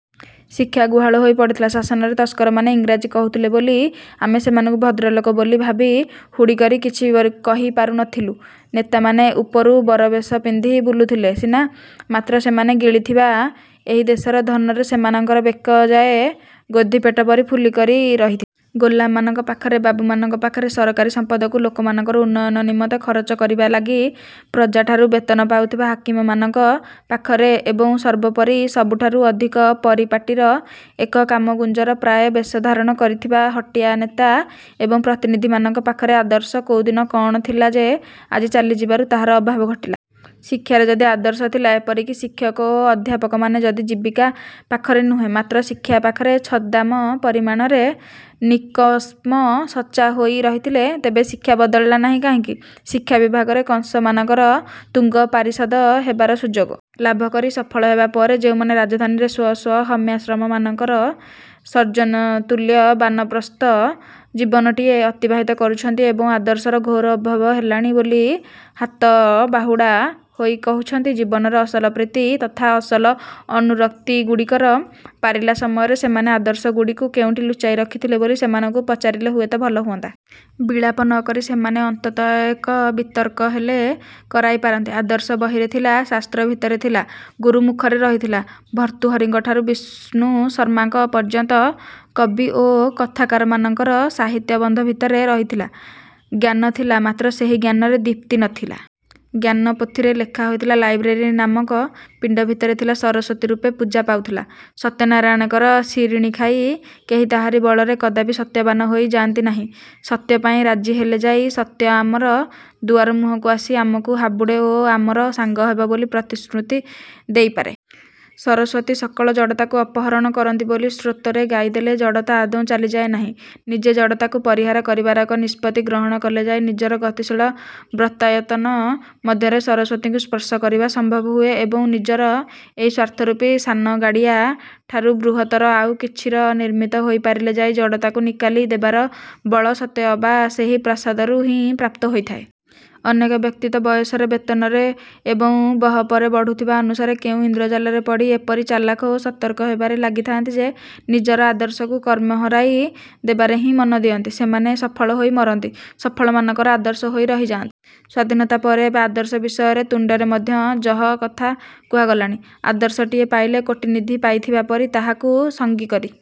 ଶିକ୍ଷା ଗୁହାଳ ହୋଇ ପଡ଼ିଥିଲା ଶାସନରେ ତସ୍କରମାନେ ଇଂରାଜୀ କହୁଥିଲେ ବୋଲି ଆମେ ସେମାନଙ୍କୁ ଭଦ୍ରଲୋକ ବୋଲି ଭାବି ହୁଡ଼ିକରି କିଛି କରି କହି ପାରୁ ନଥିଲୁ। ନେତାମାନେ ଉପରୁ ବରବେଶ ପିନ୍ଧି ବୁଲୁଥିଲେ ସିନା ମାତ୍ର ସେମାନେ ଗିଳିଥିବା ଏହି ଦେଶର ଧନରେ ସେମାନଙ୍କର ବେକଯାଏ ଗୋଧିପେଟ ପରି ଫୁଲିକରି ରହିଥିଲା। ଗୋଲାମମାନଙ୍କ ପାଖରେ, ବାବୁମାନଙ୍କ ପାଖରେ, ସରକାରୀ ସମ୍ପଦକୁ ଲୋକମାନଙ୍କର ଉନ୍ନୟନ ନିମନ୍ତେ ଖରଚ କରିବା ଲାଗି ପ୍ରଜାଠାରୁ ବେତନ ପାଉଥିବା ହାକିମମାନଙ୍କ ପାଖରେ ଏବଂ ସର୍ବୋପରି ସବୁଠାରୁ ଅଧିକ ପରିପାଟୀର ଏକ କାମଗୁଞ୍ଜର ପ୍ରାଏ ବେଶ ଧାରଣ କରିଥିବା ହଟିଆ ନେତା ଏବଂ ପ୍ରତିନିଧିମାନଙ୍କ ପାଖରେ ଆଦର୍ଶ କୋଉଦିନ କଣ ଥିଲା ଯେ ଆଜି ଚାଲିଯିବାରୁ ତାହାର ଅଭାବ ଘଟିଲା? ଶିକ୍ଷାରେ ଯଦି ଆଦର୍ଶ ଥିଲା ଏପରିକି ଶିକ୍ଷକ ଓ ଅଧ୍ୟାପକମାନେ ଯଦି ଜୀବିକା ପାଖରେ ନୁହେଁ ମାତ୍ର ଶିକ୍ଷା ପାଖରେ ଛଦାମ ପରିମାଣରେ ନିକମଶ୍ମସଚ୍ଚା ହୋଇ ରହିଥିଲେ ତେବେ ଶିକ୍ଷା ବଦଳିଲା ନାହିଁ କାହିଁକି? ଶିକ୍ଷା ବିଭାଗରେ କଂସ ମାନଙ୍କର ତୁଙ୍ଗ ପାରିଷଦ ହେବାର ସୁଯୋଗ ଲାଭକରି ସଫଳ ହେବାପରେ ଯେଉଁମାନେ ରାଜଧାନୀରେ ସ୍ୱ ସ୍ୱ ହର୍ମ୍ୟାଶ୍ରମମାନଙ୍କରେ ସଜ୍ଜନତୁଲ୍ୟ ବାନପ୍ରସ୍ଥ ଜୀବନଟିଏ ଅତିବାହିତ କରୁଛନ୍ତି ଏବଂ ଆଦର୍ଶର ଘୋର ଅଭାବ ହେଲାଣି ବୋଲି ହାଟବାହୁଡ଼ା ହୋଇ କହୁଛନ୍ତି ଜୀବନର ଅସଲ ପ୍ରୀତି ତଥା ଅସଲ ଅନୁରକ୍ତିଗୁଡ଼ିକର ପାରିଲା ସମୟରେ ସେମାନେ ଆଦର୍ଶଗୁଡ଼ିକୁ କେଉଁଠି ଲୁଚାଇ ରଖିଥଲେ ବୋଲି ସେମାନଙ୍କୁ ପଚାରିଲେ ହୁଏତ ଭଲ ହୁଅନ୍ତା। ବିଳାପ ନକରି ସେମାନେ ଅନ୍ତତଃ ଏକ ବିତର୍କ ହେଲେ କରାଇ ପାରନ୍ତେ। ଆଦର୍ଶ ବହିରେ ଥିଲା, ଶାସ୍ତ୍ର ଭିତରେ ଥିଲା। ଗୁରୁ ମୁଖରେ ରହିଥିଲା। ଭର୍ତ୍ତୃହରିଙ୍କ ଠାରୁ ବିଷ୍ଣୁ ଶର୍ମାଙ୍କ ପର୍ଯ୍ୟନ୍ତ କବି ଓ କଥାକାରମାନଙ୍କର ସାହିତ୍ୟବନ୍ଧ ଭିତରେ ରହିଥିଲା। ଜ୍ଞାନ ଥିଲା ମାତ୍ର ସେହି ଜ୍ଞାନରେ ଦୀପ୍ତି ନଥିଲା। ଜ୍ଞାନ ପୋଥିରେ ଲେଖା ହୋଇ ଲାଇବ୍ରେରୀ ନାମକ ପିଣ୍ଡ ଭିତରେ ଥିଲା ସରସ୍ୱତୀ ରୂପେ ପୂଜା ପାଉଥିଲା। ସତ୍ୟନାରାୟଣଙ୍କର ସିରିଣି ଖାଇ କେହି ତାହାରି ବଳରେ କଦାପି ସତ୍ୟବାନ ହୋଇ ଯାଆନ୍ତି ନାହିଁ। ସତ୍ୟ ପାଇଁ ରାଜି ହେଲେ ଯାଇ ସତ୍ୟ ଆମର ଦୁଆରମୁହଁକୁ ଆସି ଆମକୁ ହାବୁଡ଼େ ଓ ଆମର ସାଙ୍ଗ ହେବ ବୋଲି ପ୍ରତିଶ୍ରୁତି ଦେଇପାରେ। ସରସ୍ୱତୀ ସକଳ ଜଡ଼ତାକୁ ଅପହରଣ କରନ୍ତି ବୋଲି ସ୍ତ୍ରୋତ୍ରରେ ଗାଇଦେଲେ ଜଡ଼ତା ଆଦୌ ଚାଲିଯାଏ ନାହିଁ। ନିଜେ ଜଡ଼ତାକୁ ପରିହାର କରିବାର ଏକ ନିଷ୍ପତ୍ତି ଗ୍ରହଣ କଲେ ଯାଇ ନିଜର ଗତିଶୀଳ ବ୍ରତାୟତନ ମଧ୍ୟରେ ସରସ୍ୱତୀଙ୍କୁ ସ୍ପର୍ଶ କରିବା ସମ୍ଭବ ହୁଏ ଏବଂ ନିଜର ଏହି ସ୍ଵାର୍ଥରୂପୀ ସାନଗାଡ଼ିଆଠାରୁ ବୃହତ୍ତର ଆଉ କିଛିର ନିମିତ୍ତ ହୋଇପାରିଲେ ଯାଇ ଜଡ଼ତାକୁ ନିକାଲି ଦେବାର ବଳ ସତେ ଅବା ସେହି ପ୍ରସାଦରୁ ହିଁ ପ୍ରାପ୍ତ ହୋଇଥାଏ। ଅନେକ ବ୍ୟକ୍ତି ତ ବୟସରେ, ବେତନରେ ଏବଂ ବହପରେ ବଢୁଥିବା ଅନୁସାରେ କେଉଁ ଇନ୍ଦ୍ରଜାଲରେ ପଡ଼ି ଏପରି ଚାଲାଖ ଓ ସତର୍କ ହେବାରେ ଲାଗିଥାନ୍ତି ଯେ, ନିଜର ଆଦର୍ଶକୁ କ୍ରମେ ହରାଇ ଦେବାରେ ହିଁ ମନ ଦିଅନ୍ତି। ସେମାନେ ସଫଳ ହୋଇ ମରନ୍ତି। ସଫଳମାନଙ୍କର ଆଦର୍ଶ ହୋଇ ରହିଯାଆ ସ୍ୱାଧୀନତା ପରେ ଏବେ ଆଦର୍ଶ ବିଷୟରେ ତୁଣ୍ଡରେ ମଧ୍ୟ ଯହ କଥା କୁହାଗଲାଣି। ଆଦର୍ଶଟିଏ ପାଇଲେ କୋଟିନିଧି ପାଇଥିବା ପରି ତାହାକୁ ସଙ୍ଗୀ କରି